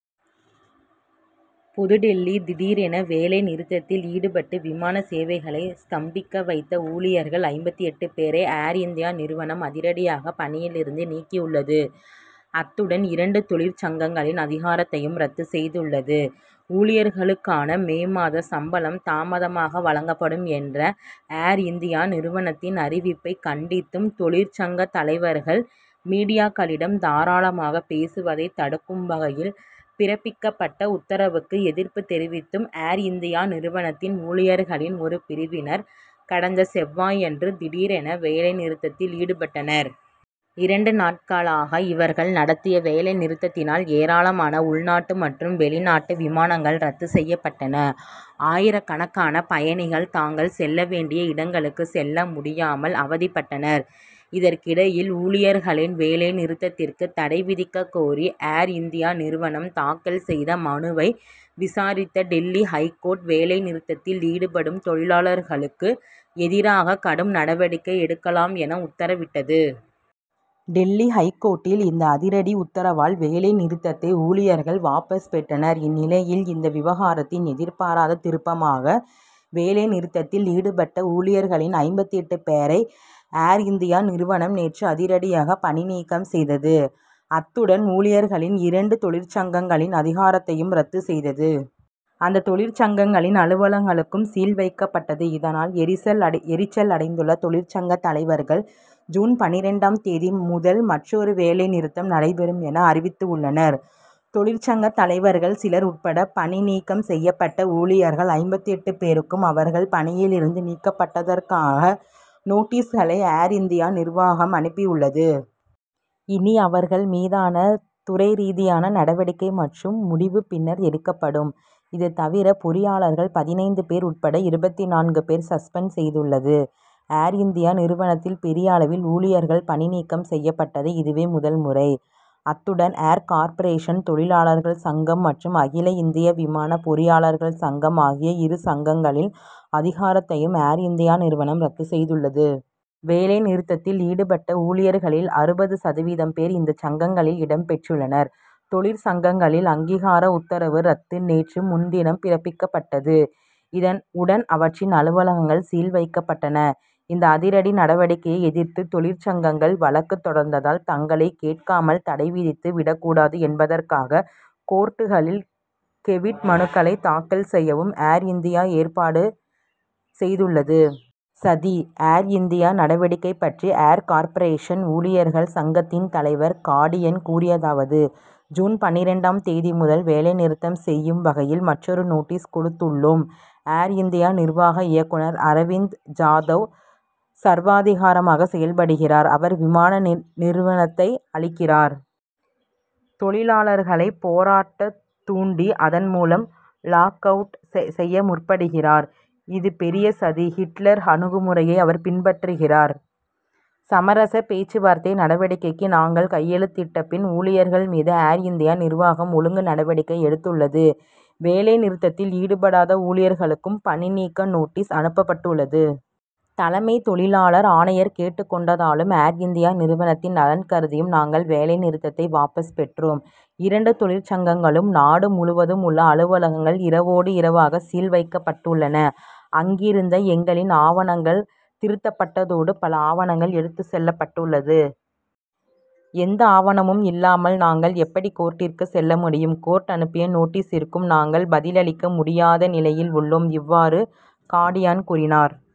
புதுடில்லி திடீரென வேலை நிறுத்தத்தில் ஈடுபட்டு விமான சேவைகளை ஸ்தம்பிக்க வைத்த ஊழியர்கள் ஐம்பத்தெட்டு பேரை, ஏர்-இந்தியா நிறுவனம் அதிரடியாக பணியிலிருந்து நீக்கியுள்ளது. அத்துடன் இரண்டு தொழிற் சங்கங்களின் அங்கீகாரத்தையும் ரத்து செய்துள்ளது. "ஊழியர்களுக்கான மே மாத சம்பளம் தாமதமாக வழங்கப்படும்' என்ற ஏர்-இந்தியா நிறுவனத்தின் அறிவிப்பை கண்டித்தும், தொழிற்சங்கத் தலைவர்கள் மீடியாக்களிடம் தாராளமாக பேசுவதை தடுக்கும் வகையில் பிறப்பிக்கப்பட்ட உத்தரவுக்கு எதிர்ப்பு தெரிவித்தும், ஏர் இந்தியா நிறுவனத்தின் ஊழியர்களில் ஒரு பிரிவினர் கடந்த செவ்வாயன்று திடீரென வேலை நிறுத்தத்தில் ஈடுபட்டனர். இரண்டு நாட்களாக இவர்கள் நடத் திய வேலை நிறுத்தத்தினால், ஏராளமான உள்நாட்டு மற்றும் வெளிநாட்டு விமானங்கள் ரத்து செய்யப்பட்டன. ஆயிரக்கணக்கான பயணிகள் தாங்கள் செல்ல வேண்டிய இடங்களுக்கு செல்ல முடியாமல் அவதிப்பட்டனர். இதற்கிடையில், ஊழியர்களின் வேலை நிறுத்தத்திற்கு தடை விதிக்கக் கோரி, ஏர் இந்தியா நிறுவனம் தாக்கல் செய்த மனுவை விசாரித்த டில்லி ஐகோர்ட், வேலை நிறுத்தத்தில் ஈடுபடும் தொழிலாளர்களுக்கு எதிராக கடும் நடவடிக்கை எடுக்கலாம் என, உத்தரவிட்டது. டில்லி ஐகோர்ட்டின் இந்த அதிரடி உத்தரவால், வேலை நிறுத்தத்தை ஊழியர்கள் வாபஸ் பெற்றனர். இந்நிலையில், இந்த விவகாரத்தில் எதிர்பாராத திருப்பமாக, வேலை நிறுத்தத்தில் ஈடுபட்ட ஊழியர்களில் ஐம்பத்தெட்டு பேரை ஏர் இந்தியா நிறுவனம் நேற்று அதிரடியாக பணி நீக்கம் செய்தது. அத்துடன் ஊழியர்களின் இரண்டு தொழிற்சங்கங்களின் அங்கீகாரத்தையும் ரத்து செய்தது. அந்தத் தொழிற்சங்கங்களின் அலுவலகங்களுக்கும் சீல் வைக்கப்பட்டது. இதனால், எரிச்சல் அடைந்துள்ள தொழிற்சங்கத் தலைவர்கள், ஜூன் பன்னிரண்டாம் தேதி முதல் மற்றொரு வேலை நிறுத்தம் நடைபெறும் என, அறிவித்துள்ளனர். தொழிற்சங்கத் தலைவர்கள் சிலர் உட்பட பணி நீக்கம் செய்யப்பட்ட ஊழியர்கள் ஐம்பத்தெட்டு பேருக்கும், அவர்கள் பணியிலிருந்து நீக்கப்பட்டதற்கான நோட்டீஸ்களை ஏர் இந்தியா நிர்வாகம் அனுப்பியுள்ளது. இனி அவர்கள் மீதான துறைரீதியான நடவடிக்கை மற்றும் முடிவு பின்னர் எடுக்கப்படும். இதுதவிர பொறியாளர்கள் பதினைந்து பேர் உட்பட இருபத்து நான்கு பேரை சஸ்பெண்ட் செய்துள்ளது. ஏர் இந்தியா நிறுவனத்தில் பெரிய அளவில் ஊழியர்கள் பணிநீக்கம் செய்யப்பட்டது இதுவே முதல் முறை. அத்துடன் ஏர் கார்ப்பரேஷன் தொழிலாளர்கள் சங்கம் மற்றும் அகில இந்திய விமான பொறியாளர்கள் சங்கம் ஆகிய இரு சங்கங்களின் அங்கீகாரத்தையும் ஏர்- இந்தியா நிறுவனம் ரத்து செய்துள்ளது. வேலை நிறுத்தத்தில் ஈடுபட்ட ஊழியர்களில் அறுபது சதவீதம் பேர் இந்தச் சங்கங்களில் இடம் பெற்றுள்ளனர். தொழிற்சங்கங்களின் அங்கீகார உத்தரவு ரத்து நேற்று முன்தினம் பிறப்பிக்கப்பட்டது. உடன் அவற்றின் அலுவலகங்கள் சீல் வைக்கப்பட்டன. இந்த அதிரடி நடவடிக்கையை எதிர்த்து தொழிற்சங்கங்கள் வழக்கு தொடர்ந்தால், தங்களை கேட்காமல் தடை விதித்து விடக்கூடாது என்பதற்காக, கோர்ட்டுகளில் கேவிட் மனுக்களை தாக்கல் செய்யவும் ஏர் இந்தியா ஏற்பாடு செய்துள்ளது. சதி: ஏர் இந்தியா நடவடிக்கை பற்றி ஏர் கார்ப்பரேஷன் ஊழியர்கள் சங்கத்தின் தலைவர் காடியான் கூறியதாவது: ஜூன் பன்னிரண்டாம் தேதி முதல் வேலை நிறுத்தம் செய்யும் வகையில், மற்றொரு நோட்டீஸ் கொடுத்துள்ளோம். ஏர் இந்தியா நிர்வாக இயக்குனர் அரவிந்த் ஜாதவ், சர்வாதிகாரமாக செயல்படுகிறார். அவர் விமான நிறுவனத்தை அழிக்கிறார். தொழிலாளர்களை போராடத் தூண்டி, அதன் மூலம் லாக்- அவுட் செய்ய முற்படுகிறார். இதுபெரிய சதி. ஹிட்லர் அணுகுமுறையை அவர் பின்பற்றுகிறார். சமரச பேச்சுவார்த்தை நடவடிக்கைக்கு நாங்கள் கையெழுத்திட்ட பின், ஊழியர்கள் மீது ஏர் இந்தியா நிர்வாகம் ஒழுங்கு நடவடிக்கை எடுத்துள்ளது. வேலை நிறுத்தத்தில் ஈடுபடாத ஊழியர்களுக்கும் பணி நீக்க நோட்டீஸ் அனுப்பப்பட்டுள்ளது. தலைமை தொழிலாளர் ஆணையர் கேட்டுக் கொண்டதாலும், ஏர் இந்தியா நிறுவனத்தின் நலன் கருதியும் நாங்கள் வேலை நிறுத்தத்தை வாபஸ் பெற்றோம். இரண்டு தொழிற்சங்கங்களுக்கும் நாடு முழுவதும் உள்ள அலுவலகங்கள் இரவோடு இரவாக "சீல்' வைக்கப்பட்டுள்ளன. அங்கிருந்த எங்களின் ஆவணங்கள் திருத்தப்பட்டதோடு, பல ஆணவங்கள் எடுத்துச் செல்லப்பட்டுள்ளது எந்த ஆவணமும் இல்லாமல், நாங்கள் எப்படி கோர்ட்டிற்கு செல்ல முடியும். கோர்ட் அனுப்பிய நோட்டீசிற்கும் நாங்கள் பதில் அளிக்க முடியாத நிலையில் உள்ளோம். இவ்வாறு காடியான் கூறினார்.